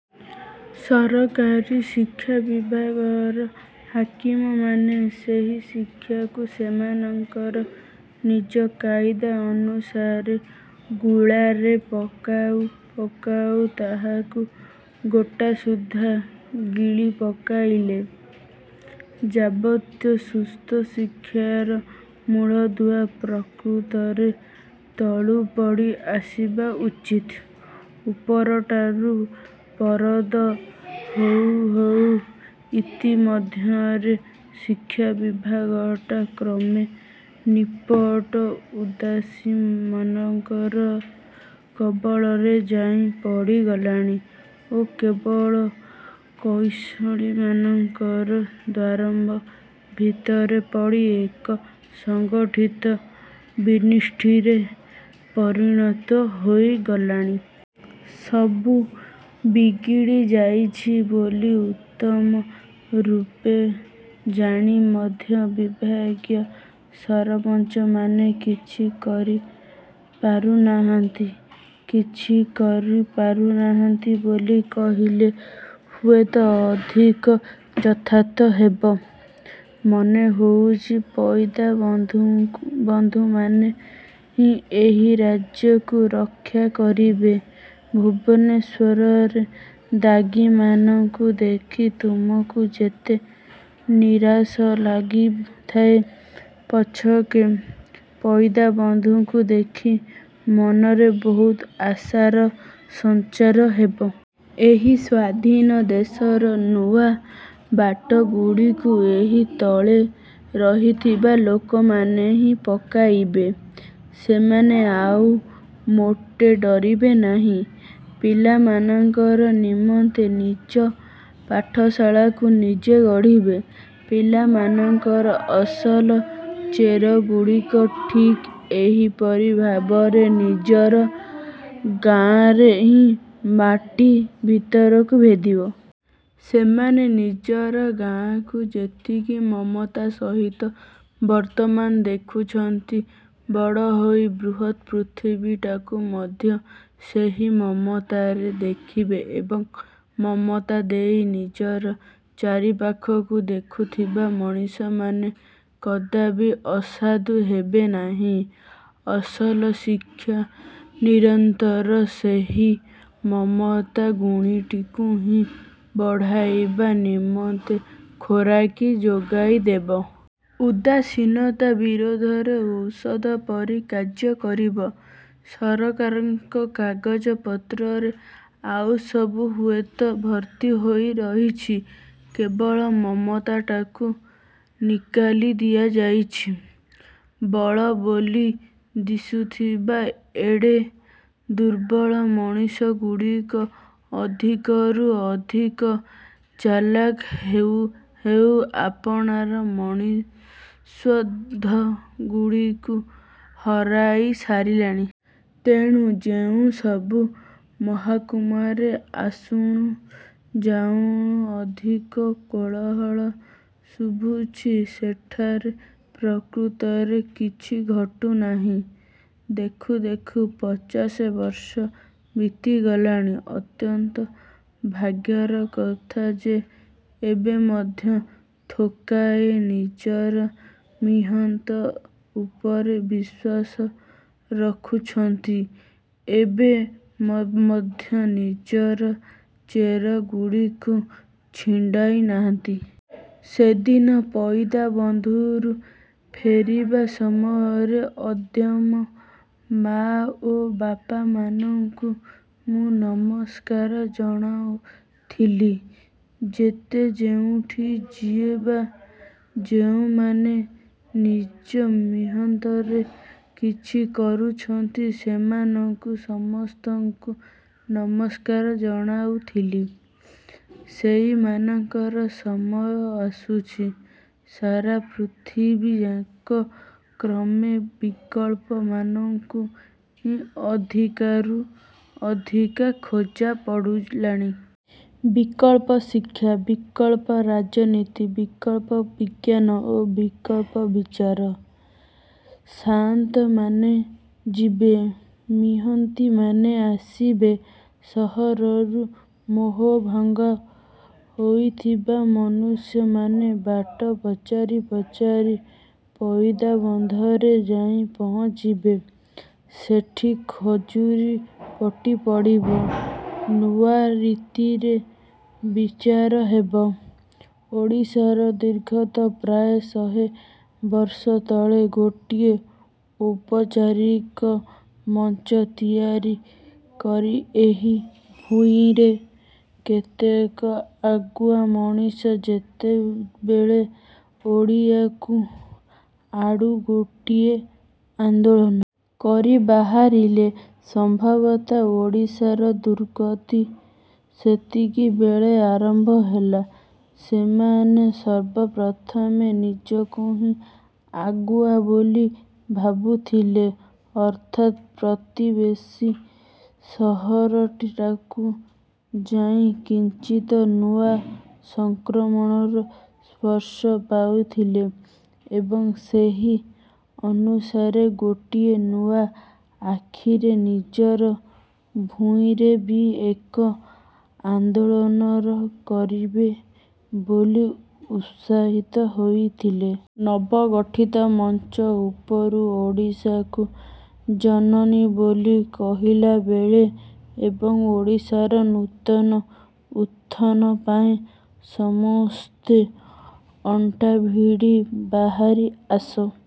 ସରକାରୀ ଶିକ୍ଷାବିଭାଗର ହାକିମମାନେ ସେହି ଶିକ୍ଷାକୁ ସେମାନଙ୍କର ନିଜ କାଇଦା ଅନୁସାରେ ଗୁଳାରେ ପକାଉ ପକାଉ ତାହାକୁ ଗୋଟାସୁଦ୍ଧା ଗିଳି ପକାଇଲେ। ଯାବତୀୟ ସୁସ୍ଥ ଶିକ୍ଷାର ମୂଳଦୁଆ ପ୍ରକୃତରେ ତଳୁ ପଡ଼ି ଆସିବା ଉଚିତ। ଉପରଟାରୁ ବରାଦ ହେଉ ହେଉ ଇତି ମଧ୍ୟରେ ଶିକ୍ଷାବିଭାଗଟା କ୍ରମେ ନିପଟ ଉଦାସୀନମାନଙ୍କର କବଳରେ ଯାଇ ପଡ଼ିଗଲାଣି ଓ କେବଳ କୌଶଳୀମାନଙ୍କର ଦୌରାତ୍ମ୍ୟ ଭିତରେ ପଡ଼ି ଏକ ସଂଗଠିତ ବିନଷ୍ଟିରେ ପରିଣତ ହୋଇଗଲାଣି। ସବୁ ବିଗିଡ଼ି ଯାଉଛି ବୋଲି ଉତ୍ତମ ରୂପେ ଜାଣି ମଧ୍ୟ ବିଭାଗୀୟ ସରପଞ୍ଚମାନେ କିଛି କରିପାରୁ ନାହାନ୍ତି। କିଛି କରୁନାହାନ୍ତି ବୋଲି କହିଲେ ହୁଏତ ଅଧିକ ଯଥାର୍ଥ ହେବ। ମନେହେଉଛି, ପଇଦାବନ୍ଧମାନେ ହିଁ ଏହି ରାଜ୍ୟକୁ ରକ୍ଷା କରିବେ। ଭୁବନେଶ୍ୱରରେ ଦାଗୀମାନଙ୍କୁ ଦେଖି ତୁମକୁ ଯେତେ ନିରାଶ ଲାଗୁଥାଉ ପଛକେ, ପଇଦାବନ୍ଧକୁ ଦେଖି ମନରେ ବହୁତ ଆଶାର ସଂଚାର ହେବ। ଏହି ସ୍ୱାଧୀନ ଦେଶରେ ନୂଆ ବାଟଗୁଡ଼ିକୁ ଏହି ତଳେ ରହିଥିବା ଲୋକମାନେ ହିଁ ପକାଇବେ। ସେମାନେ ଆଉ ମୋଟେ ଡ଼ରିବେ ନାହିଁ। ପିଲାମାନଙ୍କର ନିମନ୍ତେ ନିଜ ପାଠଶାଳାକୁ ନିଜେ ଗଢ଼ିବେ। ପିଲାମାନଙ୍କର ଅସଲ ଚେରଗୁଡ଼ିକ ଠିକ୍ ଏହିପରି ଭାବରେ ନିଜର ଗାଆଁରେ ହିଁ ମାଟି ଭିତରକୁ ଭେଦିବ। ସେମାନେ ନିଜର ଗାଆଁକୁ ଯେତିକି ମମତା ସହିତ ବର୍ତ୍ତମାନ ଦେଖୁଛନ୍ତି, ବଡ଼ ହୋଇ ବୃହତ୍ ପୃଥିବୀଟାକୁ ମଧ୍ୟ ସେହି ମମତାରେ ଦେଖିବେ ଏବଂ ମମତା ଦେଇ ନିଜର ଚାରିପାଖକୁ ଦେଖୁଥିବା ମଣିଷମାନେ କଦାପି ଅସାଧୁ ହେବେନାହିଁ। ଅସଲ ଶିକ୍ଷା ନିରନ୍ତର ସେହି ମମତା ଗୁଣଟିକୁ ହିଁ ବଢ଼ାଇବା ନିମନ୍ତେ ଖୋରାକ ଯୋଗାଇଦେବ। ଉଦାସୀନତା ବିରୋଧରେ ଔଷଧ ପରି କାର୍ଯ୍ୟ କରିବ। ସରକାରଙ୍କର କାଗଜପତ୍ରରେ ଆଉ ସବୁ ହୁଏତ ଭର୍ତ୍ତି ହୋଇ ରହିଛି, କେବଳ ମମତାଟାକୁ ନିକାଲି ଦିଆଯାଇଛି। ବଳ ବୋଲି ଦିଶୁଥିବା ଏଡ଼େ ଦୁର୍ବଳ ମଣିଷଗୁଡ଼ାକ ଅଧିକରୁ ଅଧିକ ଚାଲାଖ ହେଉ ହେଉ ଆପଣାର ମନୁଷ୍ୟଧର୍ମଗୁଡ଼ିକୁ ହରାଇ ସାରିଲେଣି। ତେଣୁ, ଯେଉଁସବୁ ମହକୁମାରେ ଆସୁଣୁ ଯାଉଣୁ ଅଧିକ କୋଳାହଳ ଶୁଭୁଛି, ସେଠାରେ ପ୍ରକୃତରେ କିଛି ଘଟୁନାହିଁ। ଦେଖୁ ଦେଖୁ ପଚାଶ ବର୍ଷ ବିତିଗଲାଣି। ଅତ୍ୟନ୍ତ ଭାଗ୍ୟର କଥା ଯେ ଏବେ ମଧ୍ୟ ଥୋକାଏ ନିଜର ମିହନ୍ତ ଉପରେ ବିଶ୍ୱାସ ରଖିଛନ୍ତି। ଏବେ ମଧ୍ୟ ନିଜର ଚେର ଗୁଡ଼ିକୁ ଛିଣ୍ଡାଇ ନାହାନ୍ତି। ସେଦିନ ପଇଦାବନ୍ଧରୁ ଫେରିବା ସମୟରେ, ଉଦ୍ୟମୀ ମାଆ ଓ ବାପାମାନଙ୍କୁ ମୁଁ ନମସ୍କାର ଜଣାଉଥିଲି। ଯେତେ ଯେଉଁଠି ଯିଏ ବା ଯେଉଁମାନେ ନିଜ ମିହନ୍ତରେ କିଛି କରୁଛନ୍ତି, ସେମାନଙ୍କୁ ସମସ୍ତଙ୍କୁ ନମସ୍କାର ଜଣାଉଥିଲି। ସେଇମାନଙ୍କର ସମୟ ଆସୁଛି। ସାରା ପୃଥିବୀଯାକ କ୍ରମେ ବିକଳ୍ପମାନଙ୍କୁ ହିଁ ଅଧିକରୁ ଅଧିକ ଖୋଜା ପଡ଼ିଲାଣି। ବିକଳ୍ପ ଶିକ୍ଷା, ବିକଳ୍ପ ରାଜନୀତି, ବିକଳ୍ପ ବିଜ୍ଞାନ ଓ ବିକଳ୍ପ ବିଚାର। ସାଆନ୍ତମାନେ ଯିବେ, ମିହନ୍ତୀମାନେ ଆସିବେ। ସହରରୁ ମୋହଭଙ୍ଗ ହୋଇଥିବା ମନୁଷ୍ୟମାନେ ବାଟ ପଚାରି ପଚାରି ପଇଦାବନ୍ଧରେ ଯାଇ ପହଞ୍ଚିବେ। ସେଠି ଖଜୁରିପଟି ପଡ଼ିବ। ନୂଆ ରୀତିରେ ବିଚାର ହେବ। ଓଡ଼ିଶାର ଦୁର୍ଗତି ପ୍ରାୟ ଶହେ ବର୍ଷ ତଳେ ଗୋଟାଏ ଔପଚାରିକ ମଞ୍ଚ ତିଆରି କରି ଏହି ଭୂଇଁର କେତେକ ଆଗୁଆ ମଣିଷ ଯେତେବେଳେ ଓଡ଼ିଆଙ୍କ ଆଡୁ ଗୋଟାଏ ଆନ୍ଦୋଳନ। କରି ବାହାରିଲେ, ସମ୍ଭବତଃ ଓଡ଼ିଶାର ଦୁର୍ଗତି ସେତିକିବେଳୁ ଆରମ୍ଭ ହେଲା। ସେମାନେ ସର୍ବପ୍ରଥମେ ନିଜକୁ ହିଁ ଆଗୁଆ ବୋଲି ଭାବୁଥିଲେ, ଅର୍ଥାତ୍ ପ୍ରତିବେଶୀ ସହରଟାକୁ ଯାଇ କିଞ୍ଚିତ୍ ନୂଆ ସଂକ୍ରମଣର ସ୍ପର୍ଶ ପାଇଥିଲେ ଏବଂ ସେହି ଅନୁସାରେ ଗୋଟିଏ ନୂଆ ଆଖିରେ ନିଜର ଭୂଇଁରେ ବି ଏକ ଆନ୍ଦୋଳନ କରିବେ ବୋଲି ଉତ୍ସାହିତ ହୋଇଥିଲେ। ନବଗଠିତ ମଞ୍ଚ ଉପରୁ ଓଡ଼ିଶାକୁ ଜନନୀ ବୋଲି କହିଲାବେଳେ ଏବଂ ଓଡ଼ିଶାର ନୂତନ ଉତ୍ଥାନ ପାଇଁ ସମସ୍ତେ ଅଣ୍ଟାଭିଡ଼ି ବାହାରି ଆସ।